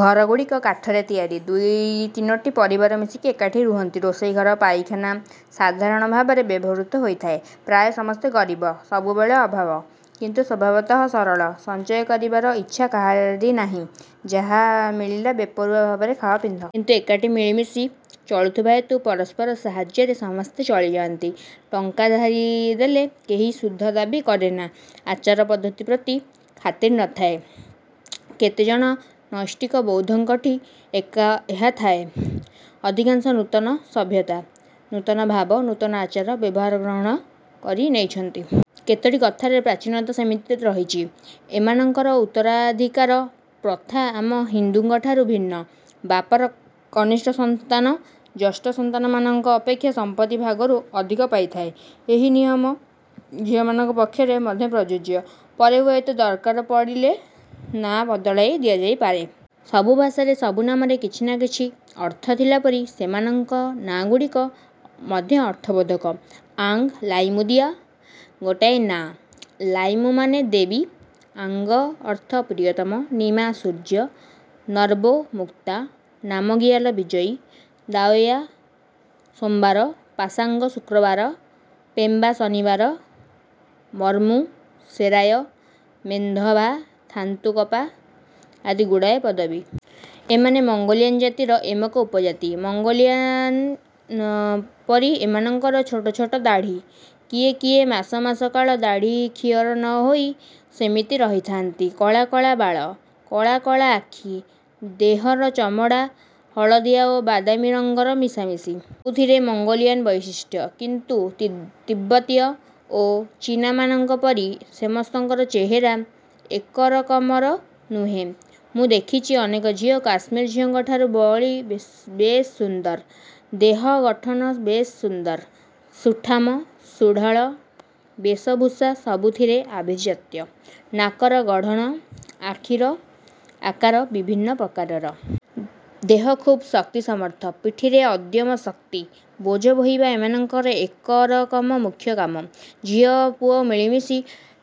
ଘରଗୁଡ଼ିକ କାଠରେ ତିଆରି। ଦୁଇ ତିନୋଟି ପରିବାର ମିଶି ଏକାଠି ରୁହନ୍ତି। ରୋଷେଇ ଘର, ପାଇଖାନା ସାଧାରଣ ଭାବରେ ବ୍ୟବହୃତ ହୋଇଥାଏ। ପ୍ରାୟ ସମସ୍ତେ ଗରିବ। ସବୁବେଳେ ଅଭାବ। କିନ୍ତୁ ସ୍ୱଭାବତଃ ସରଳ। ସଞ୍ଚୟ କରିବାର ଇଚ୍ଛା କାହାରି ନାହିଁ। ଯାହା ମିଳିଲା ବେପରୁଆ ଭାବରେ ଖାଅ, ପିନ୍ଧ। କିନ୍ତୁ ଏକାଠି ମିଳିମିଶି ଚଳୁଥିବା ହେତୁ ପରସ୍ପର ସାହାଯ୍ୟରେ ସମସ୍ତେ ଚଳିଯାଆନ୍ତି। ଟଙ୍କା ଧାରି ଦେଲେ କେହି ସୁଧ ଦାବୀ କରେନା। ଆଚାର ପଦ୍ଧତି ପ୍ରତି ଖାତିରି ନ ଥାଏ। କେତେ ଜଣ ନୈଷ୍ଠିକ ବୌଦ୍ଧଙ୍କଠି ଏହା ଥାଏ। ଅଧିକାଂଶ ନୂତନ ସଭ୍ୟତା, ନୂତନ ଭାବ, ନୂତନ ଆଚାର, ବ୍ୟବହାର ଗ୍ରହଣ କରି ନେଇଛନ୍ତି। କେତୋଟି କଥାରେ ପ୍ରାଚୀନତା ସେମିତି ରହିଛି। ଏମାନଙ୍କର ଉତ୍ତରାଧୀକାର ପ୍ରଥା ଆମ ହିନ୍ଦୁଙ୍କଠାରୁ ଭିନ୍ନ। ବାପର କନିଷ୍ଠ ସନ୍ତାନ ଜ୍ୟେଷ୍ଠ ସନ୍ତାନମାନଙ୍କ ଅପେକ୍ଷା ସମ୍ପତ୍ତି ଭାଗରୁ ଅଧିକ ପାଇଥାଏ। ଏହି ନିୟମ ଝିଅମାନଙ୍କ ପକ୍ଷରେ ମଧ୍ୟ ପ୍ରଯୁଜ୍ୟ। ପରେ ହୁଏତ ଦରକାର ପଡ଼ିଲେ ନା ବଦଳାଇ ଦିଆଯାଇପାରେ। ସବୁ ଭାଷାରେ, ସବୁ ନାମରେ କିଛି ନା କିଛି ଅର୍ଥ ଥିଲାପରି ସେମାନଙ୍କ ନାଁ ଗୁଡ଼ିକ ମଧ୍ୟ ଅର୍ଥବୋଧକ। ଆଙ୍ଗ୍, ଲାଇମୁଆଦି ଗୋଟିଏ ନାଆଁ। ଲାଇମୁମାନେ ଦେବୀ–ଆଙ୍ଗ ଅର୍ଥ ପ୍ରିୟତମ, ନିମା–ସୂର୍ଯ୍ୟ, ନର୍ବୋ–ମୁକ୍ତା, ନାମଗିୟାଲ–ବିଜୟୀ, ଦାଓୟା–ସୋମବାର, ପାସାଙ୍ଗ–ଶୁକ୍ରବାର, ପେମ୍ବା–ଶନିବାର; ମର୍ମୁ, ଶେରାୟ, ମେନ୍ଦଭା, ଥାନ୍ତୁକପା ଆଦି ଗୁଡ଼ିଏ ପଦବୀ। ଏମାନେ ମଙ୍ଗୋଲିଆନ୍ ଜାତିର ଏମକ ଉପଜାତି। ମଙ୍ଗୋଲିଆନ୍ଙ୍କ ପରି ଏମାନଙ୍କର ଛୋଟ ଛୋଟ ଦାଢ଼ୀ। କିଏ କିଏ ମାସ ମାସ କାଳ ଦାଢ଼ୀ କ୍ଷିଅର ନ ହୋଇ ସେମିତି ରହିଥାଆନ୍ତି। କଳା କଳା ବାଳ। କଳା କଳା ଆଖି। ଦେହର ଚମଡ଼ା ହଳଦିଆ ଓ ବାଦାମୀ ରଙ୍ଗର ମିଶାମିଶି। ସବୁଥିରେ ମଙ୍ଗୋଲିଆନ୍ ବୈଶିଷ୍ଟ୍ୟ, କିନ୍ତୁ ତିବ୍ବତୀୟ ଓ ଚୀନାମାନଙ୍କ ପରି ସମସ୍ତଙ୍କର ଚେହେରା ଏକରକମର ନୁହେଁ। ମୁଁ ଦେଖଚି ଅନେକ ଝିଅ କାଶ୍ମିରୀ ଝିଅଙ୍କଠାରୁ ବଳି ବେଶ ସୁନ୍ଦରୀ-ଦେହ ଗଠନ ବେଶ ସୁନ୍ଦର, ସୁଠାମ, ସୁଢ଼ଳ। ବେଶଭୂଷା ସବୁଥିରେ ଆଭିଜାତ୍ୟ। ନାକର ଗଢ଼ଣ, ଆଖିର ଆକାର ବିଭିନ୍ନ ପ୍ରକାରର। ଦେହ ଖୁବ୍ ଶକ୍ତି ସମର୍ଥ। ପିଠିରେ ଅଦମ୍ୟ ଶକ୍ତି। ବୋଝ ବୋହିବା ଏମାନଙ୍କର ଏକରକମ ମୁଖ୍ୟକାମ। ଝିଅ ପୁଅ ମିଳିମିଶି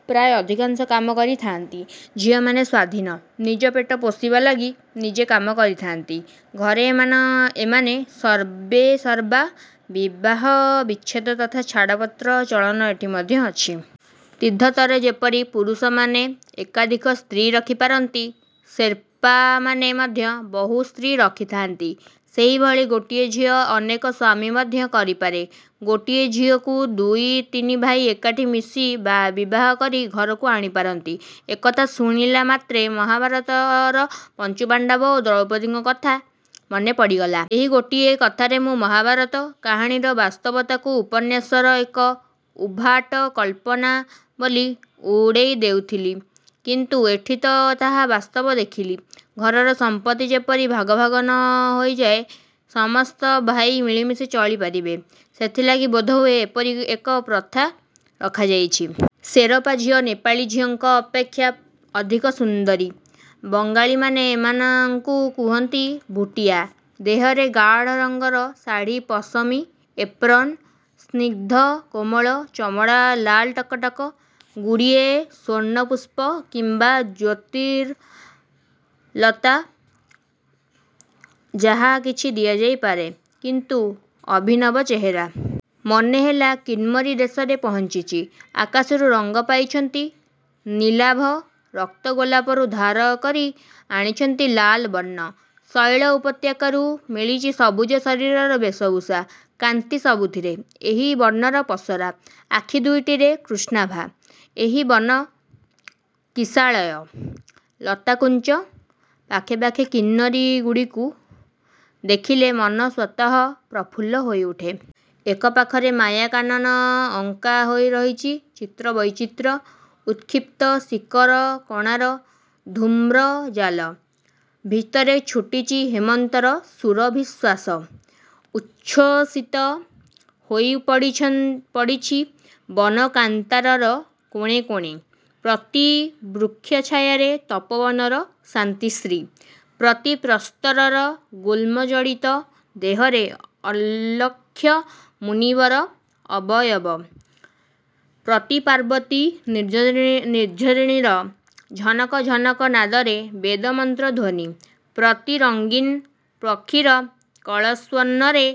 ପ୍ରାୟ ଅଧିକାଂଶ କାମ କରି ଥାଆନ୍ତି। ଝିଅମାନେ ସ୍ୱାଧୀନ। ନିଜ ପେଟ ପୋଷିବା ଲାଗି ନିଜେ କାମ କରିଥାଆନ୍ତି। ଘରେ ଏମାନେ ସର୍ବେସର୍ବା, ବିବାହ ବିଚ୍ଛେଦ ତଥା ଛାଡ଼ପତ୍ର ଚଳନ ଏଠି ମଧ୍ୟ ଅଛି। ତିବ୍ଦତରେ ଯେପରି ପୁରୁଷମାନେ ଏକାଧିକ ସ୍ତ୍ରୀ ରଖିପାରନ୍ତି, ସେର୍ପାମାନେ ମଧ୍ୟ ବହୁ ସ୍ତ୍ରୀ ରଖିଥାଆନ୍ତି। ସେଇଭଳି ଗୋଟିଏ ଝିଅ ଅନେକ ସ୍ୱାମୀ ମଧ୍ୟ କରିପାରେ। ଗୋଟିଏ ଝିଅକୁ ଦୁଇ ତିନି ଭାଇ ଏକାଠି ମିଶି ବିବାହ କରି ଘରକୁ ଆଣିପାରନ୍ତି। ଏକଥା ଶୁଣିଲାମାତ୍ରେ ମହାଭାରତର ପଞ୍ଚପାଣ୍ତବ ଓ ଦ୍ରୌପଦୀଙ୍କ କଥା ମନେ ପଡ଼ିଗଲା। ଏହି ଗୋଟିଏ କଥାରେ ମୁଁ ମହାଭାରତ। କାହାଣୀର ବାସ୍ତବତାକୁ ଉପନ୍ୟାସର ଏକ ଉଦ୍ଭାଟ କଳ୍ପନା ବୋଲି ଉଡ଼େଇ ଦେଉଥିଲି କିନ୍ତୁ ଏଠି ତ ତାହା ବାସ୍ତବ ଦେଖିଲି। ଘରର ସମ୍ପତ୍ତି ଯେପରି ଭାଗ ଭାଗ ନ ହୋଇଯାଏ, ସମସ୍ତ ଭାଇ ମିଳିମିଶି ଚଳି ପାରିବେ, ସେଥିଲାଗି ବୋଧହୁଏ ଏପରି ଏକ ପ୍ରଥା ରଖାଯାଇଛି। ସେରପା ଝିଅ ନେପାଳୀ ଝିଅଙ୍କ ଅପେକ୍ଷା ଅଧିକ ସୁନ୍ଦରୀ। ବଙ୍ଗାଳୀମାନେ ଏମାନଙ୍କୁ କହନ୍ତି ଭୁଟିଆ। ଦେହରେ ଗାଢ଼ ରଙ୍ଗର ଶାଢ଼ି ପଶମୀ 'ଏପ୍ରନ'। ସ୍ନିଗ୍ଧ କୋମଳ ଚମଡ଼ା ଲାଲ ଟକ ଟକ। ଗୁଡ଼ିଏ ସ୍ୱର୍ଣ୍ଣପୁଷ୍ପ କିମ୍ୱା ଜ୍ୟୋତିର୍ଲତା ଯାହା କିଛି ଦିଆଯାଇପାରେ। କିନ୍ତୁ ଅଭିନବ ଚେହେରା। ମନେ ହେଲା କିନ୍ମରୀ ଦେଶରେ ପହଞ୍ଚିଛି। ଆକାଶରୁ ରଙ୍ଗ ପାଇଛନ୍ତି ନୀଳାଭ ରକ୍ତଗୋଲାପରୁ ଧାର କରି ଆଣିଛନ୍ତି ଲାଲବର୍ଣ୍ଣ, ଶୈଳ ଉପତ୍ୟକାରୁ ମିଳିଚି ସବୁଜ ଶରୀରର ବେଶଭୂଷା, କାନ୍ତି ସବୁଥିରେ ଏହି ବର୍ଣ୍ଣର ପସରା। ଆଖି ଦୁଇଟିରେ କୃଷ୍ଣାଭା। ଏହି ବନ କିଶାଳୟ, ଲତାକୁଞ୍ଜ ପାଖେ ପାଖେ କିନ୍ନରୀଗୁଡ଼ିକୁ ଦେଖିଲେ ମନ ସ୍ୱତଃ ପ୍ରଫୁଲ୍ଲ ହୋଇଉଠେ। ଏକ ପାଖରେ ମାୟା କାନନ ଅଙ୍କା ହୋଇ ରହିଛି–ଚିତ୍ର ବୈଚିତ୍ର୍ୟ। ଉତ୍କ୍ଷିପ୍ତ ଶିକରକଣାର ଧୂମ୍ରଜାଲ ଭିତରେ ଛୁଟିଛି ହେମନ୍ତର ସୁରଭିଶ୍ୱାସ–ଉଚ୍ଛ୍ୱସିତ ହୋଇ ପଡ଼ିଚି ବନ କାନ୍ତାରର କୋଣେ କୋଣେ। ପ୍ରତି ବୃକ୍ଷ ଛାୟାରେ ତପୋବନର ଶାନ୍ତିଶ୍ରୀ: ପ୍ରତି ପ୍ରସ୍ତରର ଗୁଳ୍ମଜଡ଼ିତ ଦେହରେ ଅଲକ୍ଷ୍ୟ ମୁନିର ଅବୟବ; ପ୍ରତି ପାର୍ବତ୍ୟ ନିର୍ଝରଣୀର ଝନକ ଝନକ ନାଦରେ ବେଦମନ୍ତ୍ର ଧ୍ୱନି; ପ୍ରତି ରଙ୍ଗୀନ ପକ୍ଷୀର କଳସ୍ୱନରେ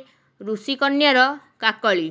ଋଷିକନ୍ୟାର କାକଳୀ।